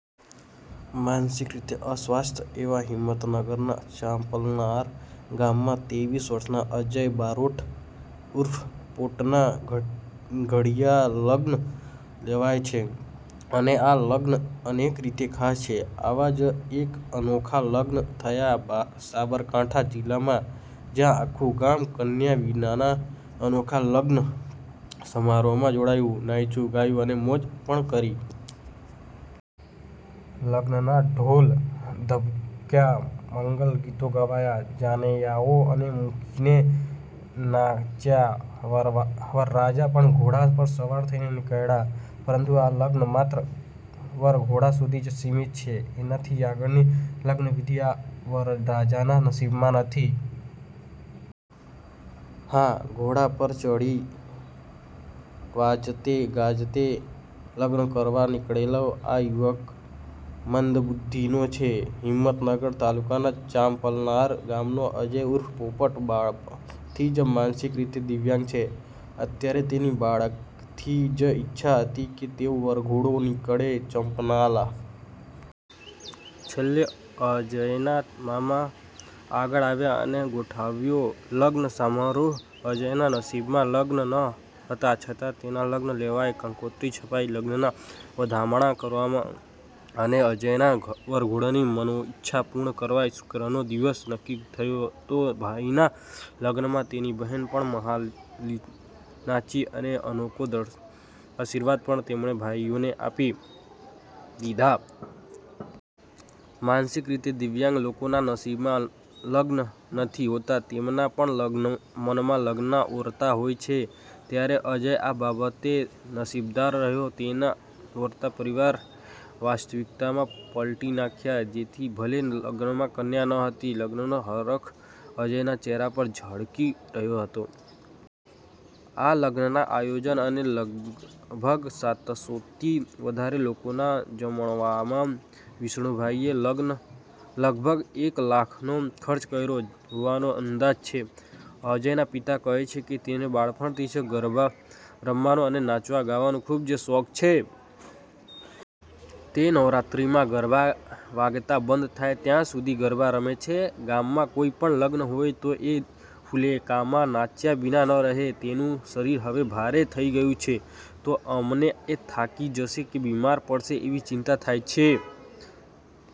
માનસિક રીતે અસ્વસ્થ એવા હિંમતનગરના ચાંપલાનાર ગામમાં તેવીસ વર્ષના અજય બારોટ ઉર્ફે પોપટનાં ઘડીયાં લગ્ન લેવાયાં છે અને આ લગ્ન અનેક રીતે ખાસ છે. આવા જ એક અનોખા લગ્ન થયા સાબરકાંઠા જીલ્લામાં. જ્યાં આખું ગામ કન્યા વિનાના અનોખા લગ્ન સમારોહમાં જોડાયું ,નાચ્યું ,ગાયું અને મોજ પણ કરી. લગ્નના ઢોલ ધબૂક્યા મંગલ ગીતો ગવાયા, જાનૈયાઓ મન મુકીને નાચ્યા. વરરાજા પણ ઘોડા પર સવાર થઈને નીકળ્યા પરંતુ આ લગ્ન માત્ર વરઘોડા સુધી જ સીમિત છે એનાથી આગળની લગ્ન વિધિ આ વરરાજાના નસીબમાં નથી. હા, ઘોડા પર ચડી વાજતે-ગાજતે લગ્ન કરવા નીકળેલો આ યુવાન મંદબુધ્ધીનો છે. હિમતનગર તાલુકાના ચાંપલાનાર ગામનો અજય ઉર્ફે પોપટ બાળપણથી જ માનસિક રીતે દિવ્યાંગ છે.ત્યારે તેની બાળપણથી જ ઈચ્છા હતી કે તેનો વરઘોડો નીકળે. ચાંપલાના છેલ્લે અજયના મામા આગળ આવ્યા અને ગોઠવાયો લગ્ન સમારોહ. અજયના નસીબમાં લગ્ન ન હતા છતાં તેના લગ્ન લેવાયા, કંકોત્રી છપાઈ ,લગ્નના વધામણા કરાયા અને અજયનાં વરઘોડાની મનોઈચ્છા પૂર્ણ કરવા શુક્રવારનો દિવસ નક્કી થયો તો ભાઈના લગ્નમાં તેની બહેનો પણ મ્હાલીનાચી અને અનેકો આશીર્વાદ પણ તેમણે ભાઈને આપી દીધા. માનસિક રીતે દિવ્યાંગ લોકોના નસીબમાં લગ્ન નથી હોતા તેમના પણ મનમાં લગ્નનાં ઓરતા હોય છે ત્યારે અજય આ બાબતે નસીબદાર રહ્યો. તેના ઓરતા પરિવારે વાસ્તવિકતામાં પલટી નાખ્યા જેથી ભલે લગ્નમાં કન્યા ના હતી, લગ્નનો હરખ અજયના ચહેરા પર ઝળકી રહ્યો હતો. આ લગ્નનાં આયોજન અને લગભગ સાતસોથી વધારે લોકોના જમણવારમાં વિષ્ણુભાઇએ લગભગ એક લાખનો ખર્ચ કર્યો હોવાનો અંદાજ છે. અજયના પિતા કહે છે, 'તેને બાળપણથી જ ગરબા રમવાનો અને નાચવા-ગાવાનો ખૂબ જ શોખ છે. તે નવરાત્રિમાં ગરબા વાગતા બંધ થાય ત્યાં સુધી ગરબા રમે છે. ગામમાં કોઈ પણ લગ્ન હોય તો એ ફુલેકામાં નાચ્યા વિના ના રહે. તેનું શરીર હવે ભારે થઈ ગયું છે, તો અમને એ થાકી જશે કે બીમાર પડશે એવી ચિંતા થાય.